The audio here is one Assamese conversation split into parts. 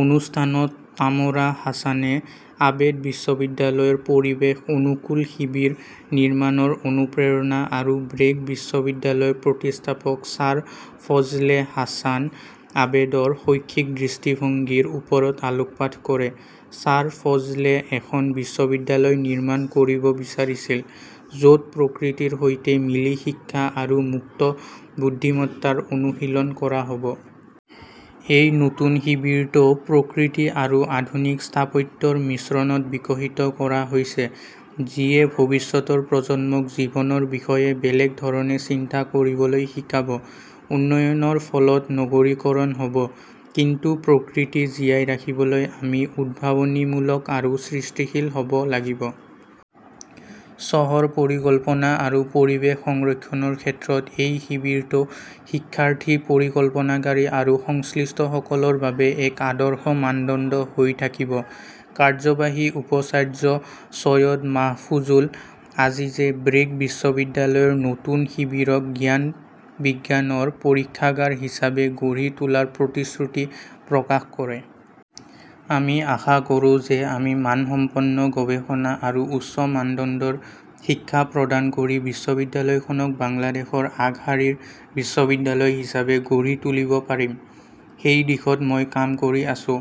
অনুষ্ঠানত তামৰা হাছানে আবেদ বিশ্ববিদ্যালয়ৰ পৰিৱেশ অনুকূল শিবিৰ নিৰ্মাণৰ অনুপ্ৰেৰণা আৰু ব্ৰেক বিশ্ববিদ্যালয়ৰ প্ৰতিষ্ঠাপক ছাৰ ফজলে হাছান আবেদৰ শৈক্ষিক দৃষ্টিভংগীৰ ওপৰত আলোকপাত কৰে। "ছাৰ ফজলে এখন বিশ্ববিদ্যালয় নিৰ্মাণ কৰিব বিচাৰিছিল য'ত প্ৰকৃতিৰ সৈতে মিলি শিক্ষা আৰু মুক্ত বুদ্ধিমত্তাৰ অনুশীলন কৰা হ'ব।" এই নতুন শিবিৰটো প্ৰকৃতি আৰু আধুনিক স্থাপত্যৰ মিশ্ৰণত বিকশিত কৰা হৈছে, যিয়ে ভৱিষ্যতৰ প্ৰজন্মক জীৱনৰ বিষয়ে বেলেগ ধৰণে চিন্তা কৰিবলৈ শিকাব। উন্নয়নৰ ফলত নগৰীকৰণ হ'ব, কিন্তু প্ৰকৃতি জীয়াই ৰাখিবলৈ আমি উদ্ভাৱনীমূলক আৰু সৃষ্টিশীল হ'ব লাগিব। চহৰ পৰিকল্পনা আৰু পৰিৱেশ সংৰক্ষণৰ ক্ষেত্ৰত এই শিবিৰটো শিক্ষাৰ্থী, পৰিকল্পনাকাৰী আৰু সংশ্লিষ্টসকলৰ বাবে এক আদৰ্শ মানদণ্ড হৈ থাকিব। কাৰ্যবাহী উপাচাৰ্য চৈয়দ মাহফুজুল আজিজে ব্ৰেক বিশ্ববিদ্যালয়ৰ নতুন শিবিৰক জ্ঞান-বিজ্ঞানৰ পৰীক্ষাগাৰ হিচাপে গঢ়ি তোলাৰ প্ৰতিশ্ৰুতি প্ৰকাশ কৰে। "আমি আশা কৰোঁ যে আমি মানসম্পন্ন গৱেষণা আৰু উচ্চ মানদণ্ডৰ শিক্ষা প্ৰদান কৰি বিশ্ববিদ্যালয়খনক বাংলাদেশৰ আগশাৰীৰ বিশ্ববিদ্যালয় হিচাপে গঢ়ি তুলিব পাৰিম। সেই দিশত মই কাম কৰি আছোঁ।"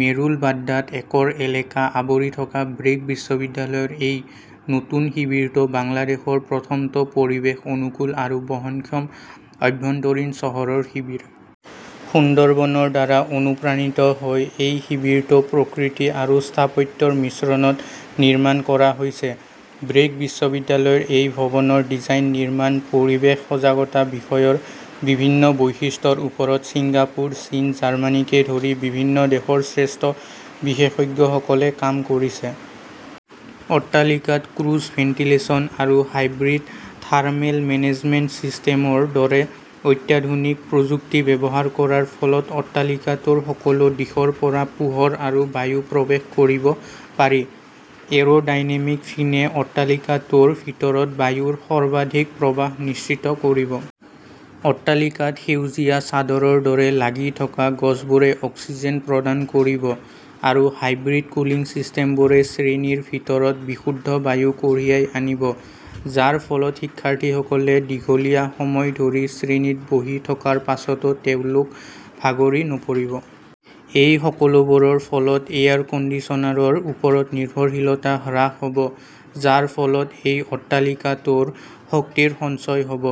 মেৰুল বাড্ডাত একৰ এলেকা আৱৰি থকা ব্ৰেক বিশ্ববিদ্যালয়ৰ এই নতুন শিবিৰটো বাংলাদেশৰ প্ৰথমটো পৰিৱেশ-অনুকূল আৰু বহনক্ষম আভ্যন্তৰীণ চহৰৰ শিবিৰ। সুন্দৰবনৰ দ্বাৰা অনুপ্ৰাণিত হৈ এই শিবিৰটো প্ৰকৃতি আৰু স্থাপত্যৰ মিশ্ৰণত নিৰ্মাণ কৰা হৈছে। ব্ৰেক বিশ্ববিদ্যালয়ৰ এই ভৱনৰ ডিজাইন, নিৰ্মাণ, পৰিৱেশ সজাগতা বিষয়ৰ বিভিন্ন বৈশিষ্ট্যৰ ওপৰত ছিংগাপুৰ, চীন, জাৰ্মানীকে ধৰি বিভিন্ন দেশৰ শ্ৰেষ্ঠ বিশেষজ্ঞসকলে কাম কৰিছে। অট্টালিকাত ক্ৰছ ভেণ্টিলেচন আৰু হাইব্ৰিড থাৰ্মেল মেনেজমেণ্ট চিষ্টেমৰ দৰে অত্যাধুনিক প্ৰযুক্তি ব্যৱহাৰ কৰাৰ ফলত অট্টালিকাটোৰ সকলো দিশৰ পৰা পোহৰ আৰু বায়ু প্ৰৱেশ কৰিব পাৰি। এৰো ডাইনামিক ফিনে অট্টালিকাটোৰ ভিতৰত বায়ুৰ সৰ্বাধিক প্ৰবাহ নিশ্চিত কৰিব। অট্টালিকাত সেউজীয়া চাদৰৰ দৰে লাগি থকা গছবোৰে অক্সিজেন প্ৰদান কৰিব আৰু হাইব্ৰিড কুলিং চিষ্টেমবোৰে শ্ৰেণীৰ ভিতৰত বিশুদ্ধ বায়ু কঢ়িয়াই আনিব, যাৰ ফলত শিক্ষাৰ্থীসকলে দীঘলীয়া সময় ধৰি শ্ৰেণীত বহি থকাৰ পাছতো তেওঁলোক ভাগৰি নপৰিব। এই সকলোবোৰৰ ফলত এয়াৰ কণ্ডিচনাৰৰ ওপৰত নিৰ্ভৰশীলতা হ্ৰাস হ'ব, যাৰ ফলত এই অট্টালিকাটোৰ শক্তিৰ সঞ্চয় হ'ব।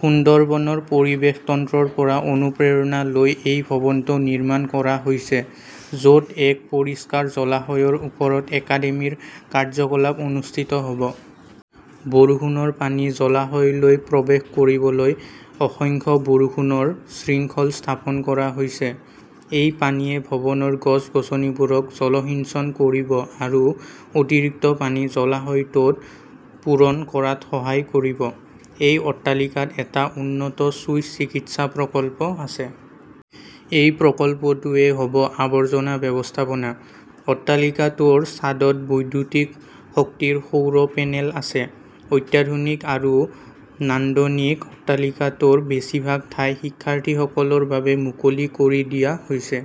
সুন্দৰবনৰ পৰিৱেশ তন্ত্ৰৰ পৰা অনুপ্ৰেৰণা লৈ এই ভৱনটো নিৰ্মাণ কৰা হৈছে। য'ত এক পৰিষ্কাৰ জলাশয়ৰ ওপৰত একাডেমীৰ কাৰ্যকলাপ অনুষ্ঠিত হ'ব। বৰষুণৰ পানী জলাশয়লৈ প্ৰৱেশ কৰিবলৈ অসংখ্য বৰষুণৰ শৃংখল স্থাপন কৰা হৈছে। এই পানীয়ে ভৱনৰ গছ-গছনিবোৰক জলসিঞ্চন কৰিব আৰু অতিৰিক্ত পানী জলাশয়টোত পূৰণ কৰাত সহায় কৰিব। এই অট্টালিকাত এটা উন্নত চুইচ চিকিৎসা প্ৰকল্প আছে। এই প্ৰকল্পটোৱেই হ'ব আৱৰ্জনা ব্যৱস্থাপনা। অট্টালিকাটোৰ ছাদত বৈদ্যুতিক শক্তিৰ সৌৰ পেনেল আছে । অত্যাধুনিক আৰু নান্দনিক অট্টালিকাটোৰ বেছিভাগ ঠাই শিক্ষাৰ্থীসকলৰ বাবে মুকলি কৰি দিয়া হৈছে।